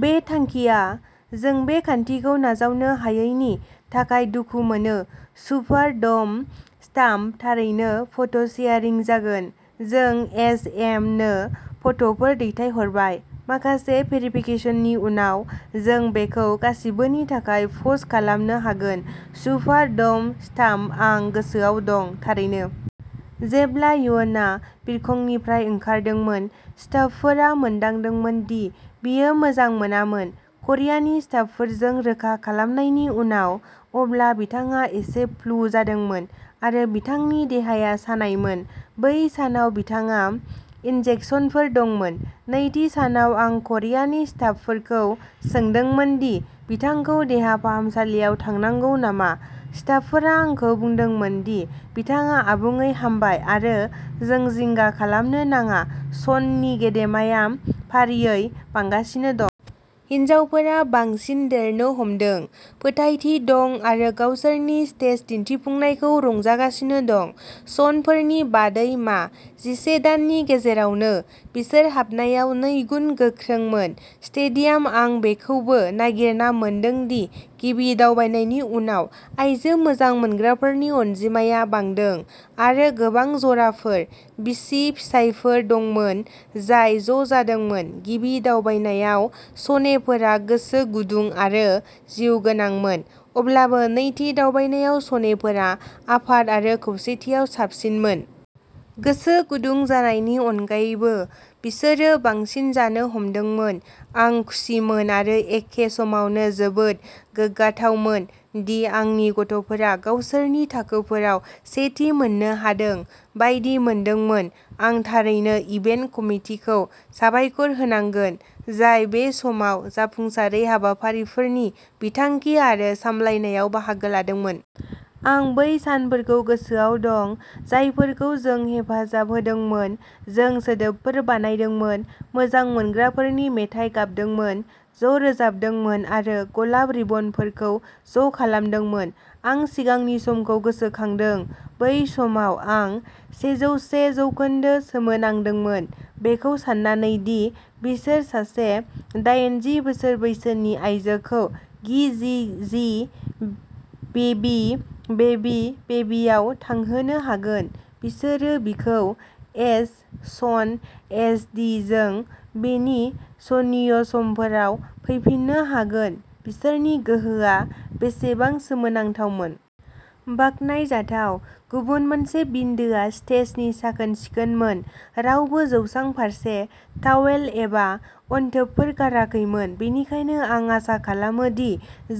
बे थांखिआ। जों बे खान्थिखौ नाजावनो हायैनि थाखाय दुखु मोनो। सुपार ड'म स्टाफ थारैनो फट'सेयारिं जागोन, जों एस एम नो फट'फोर दैथायहरबाय, माखासे भेरिफिकेसननि उनाव, जों बेखौ गासिबोनि थाखाय पस्ट खालामनो हागोन सुपार ड'म स्टाफ आं गोसोआव दं, थारैनो। जेब्ला युना बिरखंनिफ्राय ओंखारदोंमोन, स्टाफफोरा मोनदांदोंमोन दि बियो मोजां मोनामोन। करियानि स्टाफफोरजों रोखा खालामनायनि उनाव, अब्ला बिथांहा एसे फ्लु जादोंमोन आरो बिथांनि देहाया सानायमोन। बै सानाव बिथांहा इन्जेक्सनफोर दंमोन। नैथि सानाव आं करियानि स्टाफफोरखौ सोंदोंमोन दि बिथांखौ देहा फाहामसालियाव थांनांगौ नामा, स्टाफफोरा आंखौ बुंदोंमोन दि बिथाङा आबुङै हामबाय आरो जों जिंगा खालामनो नाङा सननि गेदेमाया फारियै बांगासिनो दं। हिनजावफोरा बांसिन देरनो हमदों, फोथायथि दं आरो गावसोरनि स्टेज दिन्थिफुंनायखौ रंजागासिनो दं, स'नफोरनि बादै मा? जिसे दाननि गेजेरावनो, बिसोर हाबनायाव नैगुन गोख्रैमोन। स्टेडियाम आं बेखौबो नागिरना मोनदों दि गिबि दावबायनायनि उनाव आइजो मोजां मोनग्राफोरनि अनजिमाया बांदों आरो गोबां जराफोर, बिसि-फिसायफोर दंमोन जाय ज'जादोंमोन गिबि दावबायनायाव स'नेफोरा गोसो गुदुं आरो जिउगोनांमोन, अब्लाबो नैथि दावबायनायाव स'नेफोरा आफाद आरो खौसेथियाव साबसिनमोन। गोसो गुदुं जानायनि अनगायैबो, बिसोरो बांसिन जानो हमदोंमोन। आं खुसिमोन आरो एखे समावनो जोबोद गोग्गाथावमोन दि आंनि गथ'फोरा गावसोरनि थाखोफोराव सेथि मोननो हादों बायदि मोनदोंमोन आं थारैनो' इभेन्ट कमिटि'खौ साबायखर होनांगोन, जाय बे समाव जाफुंसारै हाबाफारिफोरनि बिथांखि आरो सालायनायाव बाहागो लादोंमोन। आं बै सानफोरखौ गोसोआव दं, जायफोरखौ जों हेफाजाब होदोंमोन जों सोदोबफोर बानायदोंमोन, मोजां मोनग्राफोरनि मेथाइ गाबदोंमोन, ज'रोजाबदोंमोन आरो गलाब रिबनफोरखौ ज'खालामदोंमोन। आं सिगांनि समखौ गोसोखांदों। बै समाव, आं सेजौसे जौखोन्दो सोमोनांदोंमोन, बेखौ सान्नानै दि बिसोर सासे दायेनजि बोसोर बैसोनि आयजोखौ gee gee gee baby baby baby आव थांहोनो हागोन, बिसोरो बिखौ एस सन एस डि जों बिनि सनिय' समफोराव फैफिननो हागोन बिसोरनि गोहोआ बेसेबां सोमोनांथावमोन? बाखनायजाथाव गुबुन मोनसे बिन्दोआ स्टेजनि साखोन-सिखोनमोन। रावबो जौसां फारसे तावेल एबा अनथोबफोर गाराखैमोन, बेनिखायनो आं आसा खालामो दि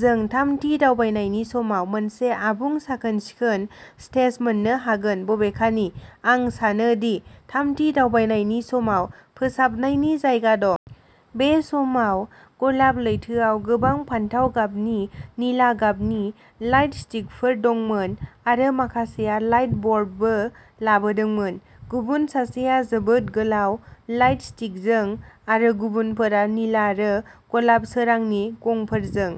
जों थामथि दावबायनायनि समाव मोनसे आबुं साखोन-सिखोन स्टेज मोन्नो हागोन बबेखानि, आं सानो दि थामथि दावबायनायनि समाव फोसाबनायनि जायगा दं। बे समाव, गलाब लैथोआव गोबां फान्थाव गाबनि, निला गाबनि लाइट स्टिकफोर दंमोन आरो माखासेआ लाइटब'र्डबो लाबोदोंमोन, गुबुन सासेआ जोबोद गोलाव लाइट स्टिकजों आरो गुबुनफोरा निला आरो गलाब सोरांनि गंफोरजों।